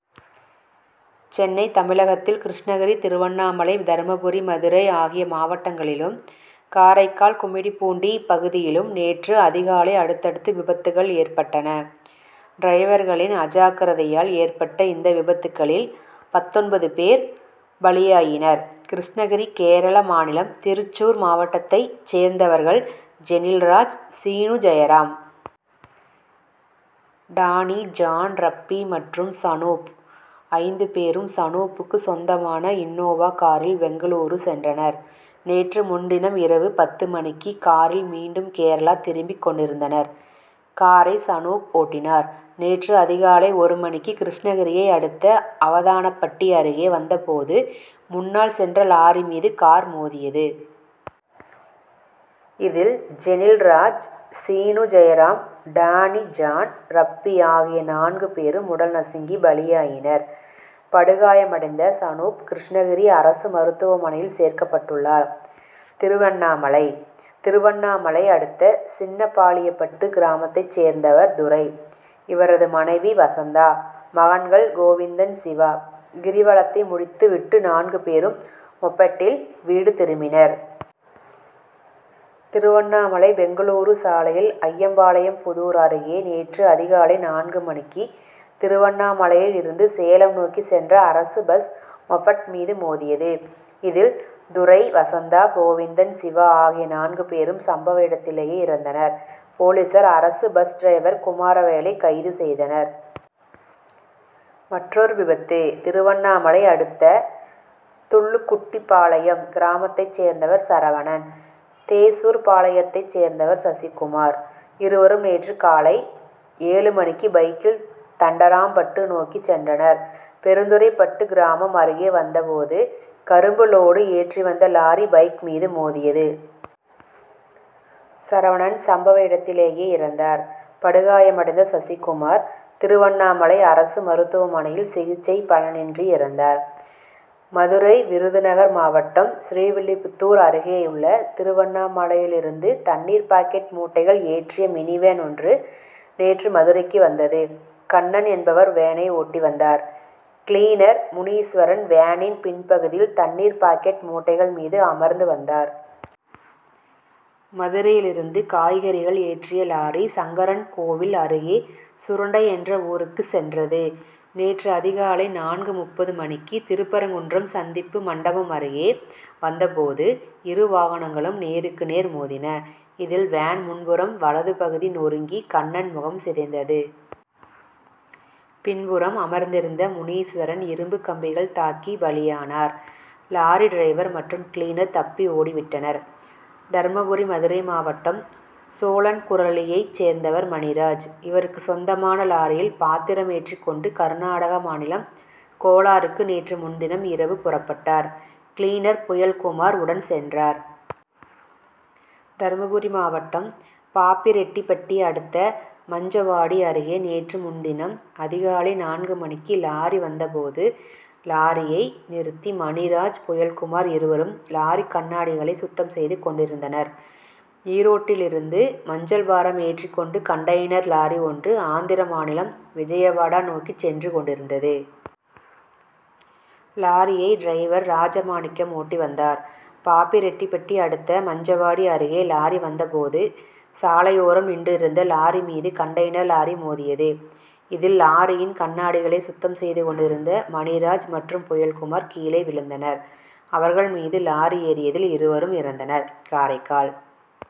சென்னை தமிழகத்தில் கிருஷ்ணகிரி திருவண்ணாமலை தர்மபுரி மதுரை ஆகிய மாவட்டங்களிலும் காரைக்கால் கும்மிடிப்பூண்டி பகுதியிலும் நேற்று அதிகாலை அடுத்தடுத்து விபத்துக்கள் ஏற்பட் டன. டிரைவர்களின் அஜாக்கிரதையால் ஏற்பட்ட இந்த விபத்துக்களில் பத்தொன்பது பேர் பலியாயினர். கிருஷ்ணகிரி கேரள மாநிலம் திருச்சூர் மாவட்டத்தைச் சேர்ந்தவர்கள் ஜெனில்ராஜ் சீனுஜெயராம். டானி ஜான் ரப்பி மற்றும் சனூப். ஐந்து பேரும் சனூப்புக்கு சொந்தமான இன்னோவா காரில் பெங்களூரு சென்றனர். நேற்று முன்தினம் இரவு பத்து மணிக்கு காரில் மீண்டும் கேரளா திரும்பிக் கொண்டிருந்தனர். காரை சனூப் ஓட்டினார். நேற்று அதிகாலை ஒரு மணிக்கு கிருஷ்ணகிரியை அடுத்த அவதானபட்டி அருகே வந்த போது முன்னால் சென்ற லாரி மீது கார் மோதியது. இதில் ஜெனில்ராஜ் சீனு ஜெயராம் டானி ஜான் ரப்பி ஆகிய நான்கு பேரும் உடல் நசுங்கி பலியாயினர். படுகாயமடைந்த சனூப் கிருஷ்ணகிரி அரசு மருத்துவமனையில் சேர்க்கப்பட்டுள்ளார். திருவண்ணாமலை திருவண்ணாமலை அடுத்த சின்னபாலியப்பட்டு கிராமத்தை சேர்ந்தவர் துரை. இவரது மனைவி வசந்தா. மகன்கள் கோவிந்தன் சிவா. கிரிவலத்தை முடித்து விட்டு நான்கு பேரும் மொபெட்டில் வீடு திரும்பினர். திருவண்ணாமலை பெங்களூரு சாலையில் அய்யம்பாளையம் புதூர் அருகே நேற்று அதிகாலை நான்கு மணிக்கு திருவண்ணாமலையில் இருந்து சேலம் நோக்கிச் சென்ற அரசு பஸ் மொபெட் மீது மோதியது. இதில் துரை வசந்தா கோவிந்தன் சிவா ஆகிய நான்கு பேரும் சம்பவ இடத்திலேயே இறந்தனர். போலீசார் அரசு பஸ் டிரைவர் குமாரவேலை கைது செய்தனர். மற்றொரு விபத்து திருவண்ணாமலை அடுத்த துள்ளுக்குட்டி பாளையம் கிராமத்தை சேர்ந்தவர் சரவணன். தேசூர் பாளையத்தை சேர்ந்தவர் சசிகுமார். இருவரும் நேற்று காலை ஏழு மணிக்கு பைக்கில் தண்டராம்பட்டு நோக்கி சென்றனர். பெருந்துறைப்பட்டு கிராமம் அருகே வந்த போது கரும்பு லோடு ஏற்றி வந்த லாரி பைக் மீது மோதியது. சரவணன் சம்பவ இடத்திலேயே இறந்தார். படுகாயமடைந்த சசிகுமார் திருவண்ணாமலை அரசு மருத்துவமனையில் சிகிச்சை பலனின்றி இறந்தார். மதுரை விருதுநகர் மாவட்டம் ஸ்ரீவில்லிபுத்தூர் அருகேயுள்ள திருவண்ணாமலையிலிருந்து தண்ணீர் பாக்கெட் மூட்டைகள் ஏற்றிய மினிவேன் ஒன்று நேற்று மதுரைக்கு வந்தது. கண்ணன் என்பவர் வேனை ஓட்டி வந்தார். கிளீனர் முனீஸ்வரன் வேனின் பின்பகுதியில் தண்ணீர் பாக்கெட் மூட்டைகள் மீது அமர்ந்து வந்தார். மதுரையிலிருந்து காய்கறிகள் ஏற்றிய லாரி சங்கரன்கோவில் அருகே சுரண்டை என்ற ஊருக்கு சென்றது. நேற்று அதிகாலை நான்கு முப்பது மணிக்கு திருப்பரங்குன்றம் சந்திப்பு மண்டபம் அருகே வந்த போது இரு வாகனங்களும் நேருக்கு நேர் மோதின. இதில் வேன் முன்புறம் வலதுபகுதி நொறுங்கி கண்ணன் முகம் சிதைந்தது. பின்புறம் அமர்ந்திருந்த முனீஸ்வரன் இரும்பு கம்பிகள் தாக்கி பலியானர். லாரி டிரைவர் மற்றும் கிளீனர் தப்பி ஓடிவிட்டனர். தர்மபுரி மதுரை மாவட்டம் சோழன்குரலியை சேர்ந்தவர் மணிராஜ். இவருக்கு சொந்தமான லாரியில் பாத்திரம் ஏற்றி கொண்டு கர்நாடக மாநிலம் கோலாருக்கு நேற்று முன்தினம் இரவு புறப்பட்டார். கிளீனர் புயல்குமார் உடன் சென்றார். தர்மபுரி மாவட்டம் பாப்பிரெட்டிப்பட்டி அடுத்த மஞ்சவாடி அருகே நேற்று முன்தினம் அதிகாலை நான்கு மணிக்கு லாரி வந்த போது லாரியை நிறுத்தி மணிராஜ் புயல்குமார் இருவரும் லாரி கண்ணாடிகளை சுத்தம் செய்து கொண்டிருந்தனர். ஈரோட்டில் இருந்து மஞ்சள் பாரம் ஏற்றி கொண்டு கன்டெய்னர் லாரி ஒன்று ஆந்திர மாநிலம் விஜயவாடா நோக்கி சென்று கொண்டிருந்தது. லாரியை டிரைவர் ராஜமாணிக்கம் ஓட்டி வந்தார். பாப்பிரெட்டிப்பட்டி அடுத்த மஞ்சவாடி அருகே லாரி வந்த போது சாலையோரம் நின்றிருந்த லாரி மீது கன்டெய்னர் லாரி மோதியது. இதில் லாரியின் கண்ணாடிகளை சுத்தம் செய்து கொண்டிருந்த மணிராஜ் மற்றும் புயல்குமார் கீழே விழுந்தனர். அவர்கள் மீது லாரி ஏறியதில் இருவரும் இறந்தனர். காரைக்கால்